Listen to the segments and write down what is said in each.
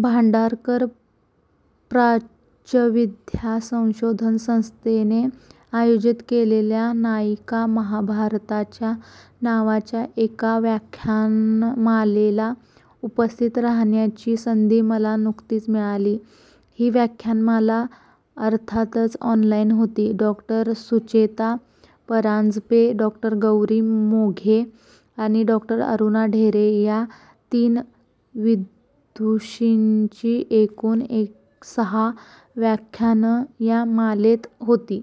भांडारकर प्राच्यविद्या संशोधन संस्थेने आयोजित केलेल्या 'नायिका महाभारताच्या' नावाच्या एका व्याख्यानमालेला उपस्थित राहण्याची संधी मला नुकतीच मिळाली. ही व्याख्यानमाला अर्थातच ऑनलाईन होती. डॉ. सुचेता परांजपे, डॉ. गौरी मोघे आणि डॉ. अरुणा ढेरे या तीन विदुषींची एकूण सहा व्याख्यानं या मालेत होती.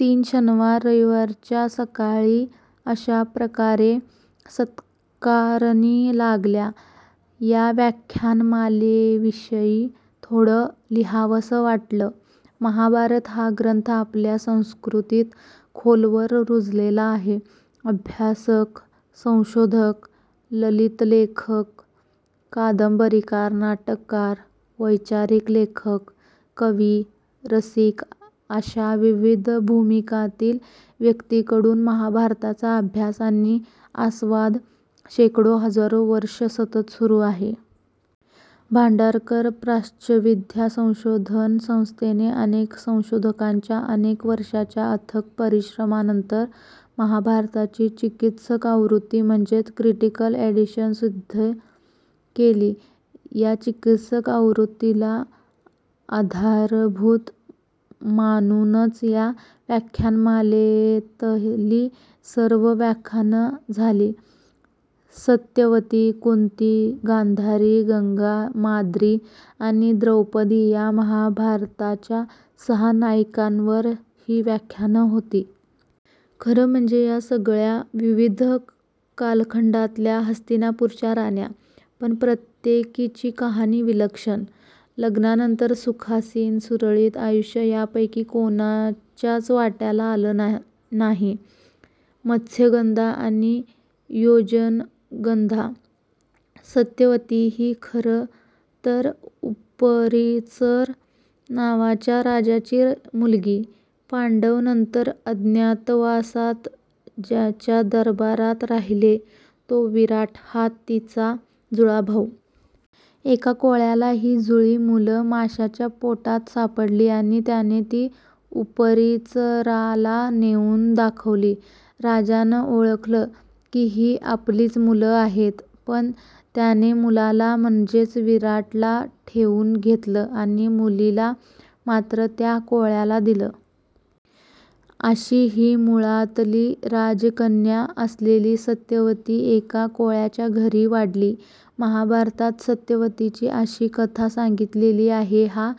तीन शनिवार-रविवारच्या सकाळी अशा प्रकारे सत्कारणी लागल्या. या व्याख्यान मालेविषयी थोडं लिहावंसं वाटलं. महाभारत हा ग्रंथ आपल्या संस्कृतीत खोलवर रुजलेला आहे. अभ्यासक, संशोधक, ललितलेखक, कादंबरीकार, नाटककार, वैचारिक लेखक, कवी, रसिक अशा विविध भूमिकांतील व्यक्तींकडून महाभारताचा अभ्यास आणि आस्वाद शेकडो-हजारो वर्षं सतत सुरू आहे. भांडारकर प्राच्यविद्या संशोधन संस्थेने अनेक संशोधकांच्या अनेक वर्षांच्या अथक परिश्रमांनंतर महाभारताची 'चिकित्सक आवृत्ती' म्हणजेच 'क्रिटिकल एडिशन' सिद्ध केली. या चिकित्सक आवृत्तीला आधारभूत मानूनच या व्याख्यानमालेतली सर्व व्याख्यानं झाली. सत्यवती, कुंती, गांधारी, गंगा, माद्री आणि द्रौपदी या महाभारताच्या सहा नायिकांवर ही व्याख्यानं होती. खरं म्हणजे या सगळ्या विविध कालखंडातल्या हस्तिनापूरच्या राण्या. पण प्रत्येकीची कहाणी विलक्षण. लग्नानंतर सुखासीन, सुरळीत आयुष्य यापैकी कुणाच्याच वाट्याला आलं नाही. मत्स्यगंधा किंवा योजनगंधा सत्यवती ही खरं तर 'उपरिचर' नावाच्या राजाची मुलगी. पांडव नंतर अज्ञातवासात ज्याच्या दरबारात राहिले, तो विराट हा तिचा जुळा भाऊ. एका कोळ्याला ही जुळी मुलं माशाच्या पोटात सापडली आणि त्याने ती उपरिचराला नेऊन दाखवली. राजाने ओळखलं, की ही आपलीच मुलं आहेत. पण त्याने मुलाला, म्हणजेच विराटाला ठेवून घेतलं आणि मुलीला मात्र त्या कोळ्याला दिलं. अशी ही मुळातली राजकन्या असलेली सत्यवती एका कोळ्याच्या घरी वाढली. महाभारतात सत्यवतीची अशी कथा सांगितलेली आहे. हा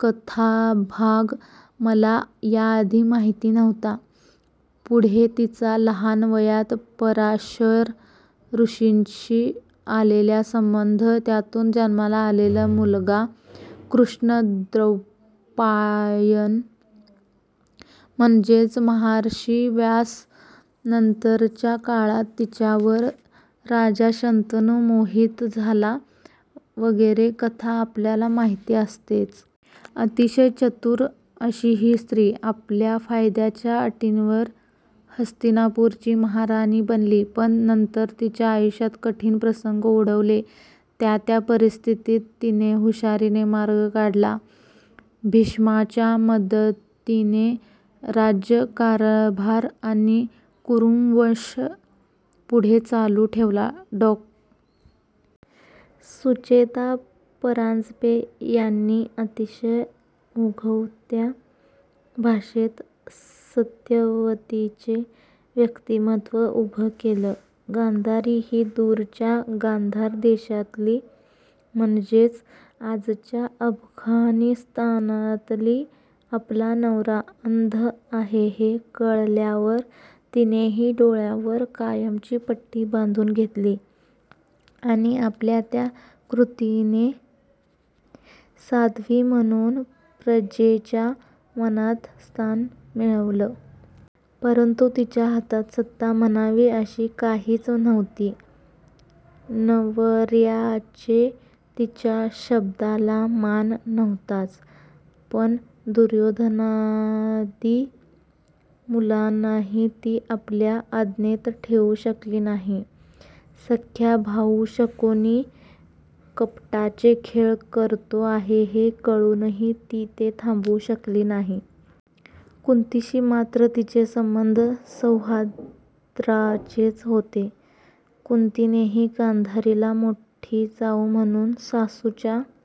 कथाभाग मला याआधी माहिती नव्हता. पुढे तिचा लहान वयात पराशर ऋषींशी आलेला संबंध, त्यातून जन्माला आलेला मुलगा कृष्णद्वैपायन, म्हणजेच महर्षी व्यास, नंतरच्या काळात तिच्यावर राजा शंतनु मोहित झाला वगैरे कथा आपल्याला माहिती असतेच. अतिशय चतुर अशी ही स्त्री. आपल्या फायद्याच्या अटींवर हस्तिनापूरची महाराणी बनली, पण नंतर तिच्या आयुष्यात कठीण प्रसंग ओढवले. त्या-त्या परिस्थितीत तिने हुशारीने मार्ग काढला, भीष्माच्या मदतीने राज्यकारभार आणि कुरुवंश पुढे चालू ठेवला. डॉ. सुचेता परांजपे यांनी अतिशय ओघवत्या भाषेत सत्यवतीचं व्यक्तिमत्त्व उभं केलं. गांधारी ही दूरच्या गांधार देशातली. म्हणजेच आजच्या अफगाणिस्तानातली. आपला नवरा अंध आहे हे कळल्यावर तिनेही डोळ्यांवर कायमची पट्टी बांधून घेतली. आणि आपल्या या कृतीने 'साध्वी' म्हणून प्रजेच्या मनात स्थान मिळवलं. परंतु तिच्या हातात सत्ता म्हणावी अशी काहीच नव्हती. नवर्याकडे तिच्या शब्दाला मान नव्हताच, पण दुर्योधनादि मुलांनाही ती आपल्या आज्ञेत ठेवू शकली नाही. सख्खा भाऊ शकुनी कपटाचे खेळ करतो आहे हे कळूनही ती ते थांबवू शकली नाही. कुंतीशी मात्र तिचे संबंध सौहार्दाचेच होते. कुंतीनेही गांधारीला मोठी जाऊ म्हणून, सासूच्या--